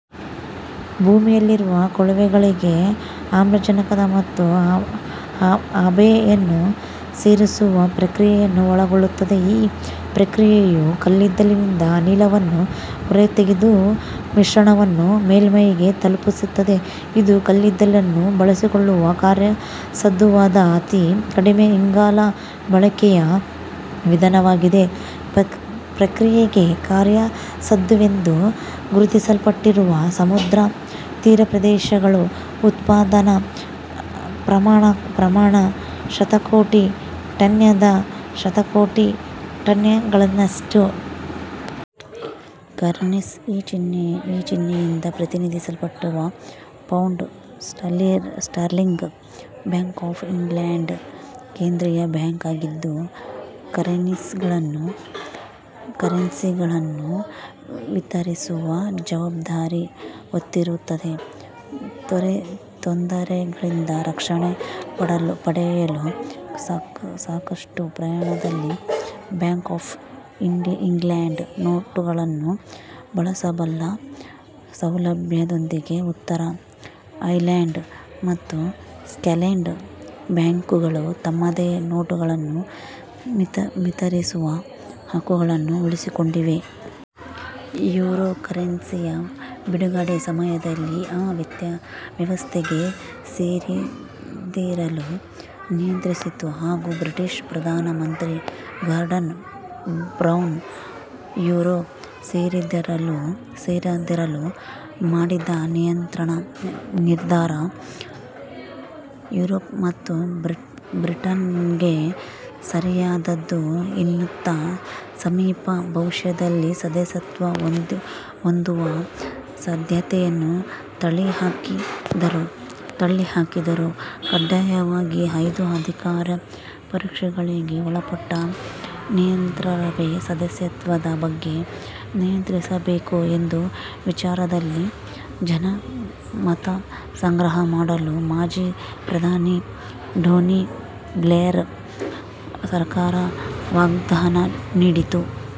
ಭೂಮಿಯಲ್ಲಿರುವ ಕೊಳವೆಯೊಳಗೆ ಆಮ್ಲಜನಕ ಮತ್ತು ಹಬೆಯನ್ನು ಸೇರಿಸುವ ಪ್ರಕ್ರಿಯೆಯನ್ನು ಒಳಗೊಳ್ಳುತ್ತದೆ. ಈ ಪ್ರಕ್ರಿಯೆಯು ಕಲ್ಲಿದ್ದಲಿನಿಂದ ಅನಿಲವನ್ನು ಹೊರತೆಗೆದು ಮಿಶ್ರಣವನ್ನು ಮೇಲ್ಮೈಗೆ ತಲುಪಿಸುತ್ತದೆ. ಇದು ಕಲ್ಲಿದ್ದಲನ್ನು ಬಳಸಿಕೊಳ್ಳುವ ಕಾರ್ಯಸಾಧುವಾದ ಅತಿ ಕಡಿಮೆ ಇಂಗಾಲ ಬಳಕೆಯ ವಿಧಾನವಾಗಿದೆ. ಪ್ರಕ್ರಿಯೆಗೆ ಕಾರ್ಯಸಾಧುವೆಂದು ಗುರುತಿಸಲ್ಪಟ್ಟಿರುವ ಸಮುದ್ರ ತೀರಪ್ರದೇಶಗಳ ಉತ್ಪಾದನಾ ಪ್ರಮಾಣ ಶತಕೋಟಿ ಟನ್ನಿಂದ ಶತಕೋಟಿ ಟನ್ಗಳಷ್ಟಿದೆ. ಕರೆನ್ಸಿ £ ಚಿಹ್ನೆಯಿಂದ ಪ್ರತಿನಿಧಿಸಲ್ಪಡುವ pound sterling. Bank of England ಕೇಂದ್ರೀಯ ಬ್ಯಾಂಕ್ ಆಗಿದ್ದು, ಕರೆನ್ಸಿಗಳನ್ನು ವಿತರಿಸುವ ಜವಾಬ್ದಾರಿ ಹೊತ್ತಿರುತ್ತದೆ. ತೊಂದರೆಗಳಿಂದ ರಕ್ಷಣೆ ಪಡೆಯಲು ಸಾಕಷ್ಟು ಪ್ರಮಾಣದಲ್ಲಿ ಬ್ಯಾಂಕ್ ಆಫ್ ಇಂಗ್ಲೆಂಡ್ ನೋಟುಗಳನ್ನು ಬಳಸಬಲ್ಲ ಸೌಲಭ್ಯದೊಂದಿಗೆ ಉತ್ತರ ಐರ್ಲೆಂಡ್ ಮತ್ತು ಸ್ಕಾಟ್ಲೆಂಡ್ ಬ್ಯಾಂಕ್ಗಳು ತಮ್ಮದೇ ನೋಟುಗಳನ್ನು ವಿತರಿಸುವ ಹಕ್ಕುಗಳನ್ನು ಉಳಿಸಿಕೊಂಡಿವೆ. ಯೂರೋ ಕರೆನ್ಸಿಯ ಬಿಡುಗಡೆ ಸಮಯದಲ್ಲಿ ಆ ವ್ಯವಸ್ಥೆಗೆ ಸೇರದಿರಲು ನಿರ್ಧರಿಸಿತು, ಹಾಗೂ British Pradhan Mantri garden brown, euro ಸೇರದಿರಲು ಮಾಡಿದ ನಿರ್ಧಾರ ಯೂರೋಪ್ ಮತ್ತು ಬ್ರಿಟನ್ಗೆ ಸರಿಯಾದುದು ಎನ್ನುತ್ತಾ ಸಮೀಪ ಭವಿಷ್ಯದಲ್ಲಿ ಸದಸ್ಯತ್ವ ಹೊಂದುವ ಸಾಧ್ಯತೆಯನ್ನು ತಳ್ಳಿ ಹಾಕಿದರು. ಕಡ್ಡಾಯವಾಗಿ " ಐದು ಆರ್ಥಿಕ ಪರೀಕ್ಷೆಗಳಿಗೆ " ಒಳಪಟ್ಟ ನಂತರವೇ ಸದಸ್ಯತ್ವದ ಬಗ್ಗೆ ನಿರ್ಧರಿಸಬೇಕು ಎಂಬ ವಿಚಾರದಲ್ಲಿ ಜನಮತಸಂಗ್ರಹ ಮಾಡಲು ಮಾಜಿ ಪ್ರಧಾನಿ ಟೋನಿ ಬ್ಲೇರ್ ಸರ್ಕಾರ ವಾಗ್ದಾನ ನೀಡಿತ್ತು.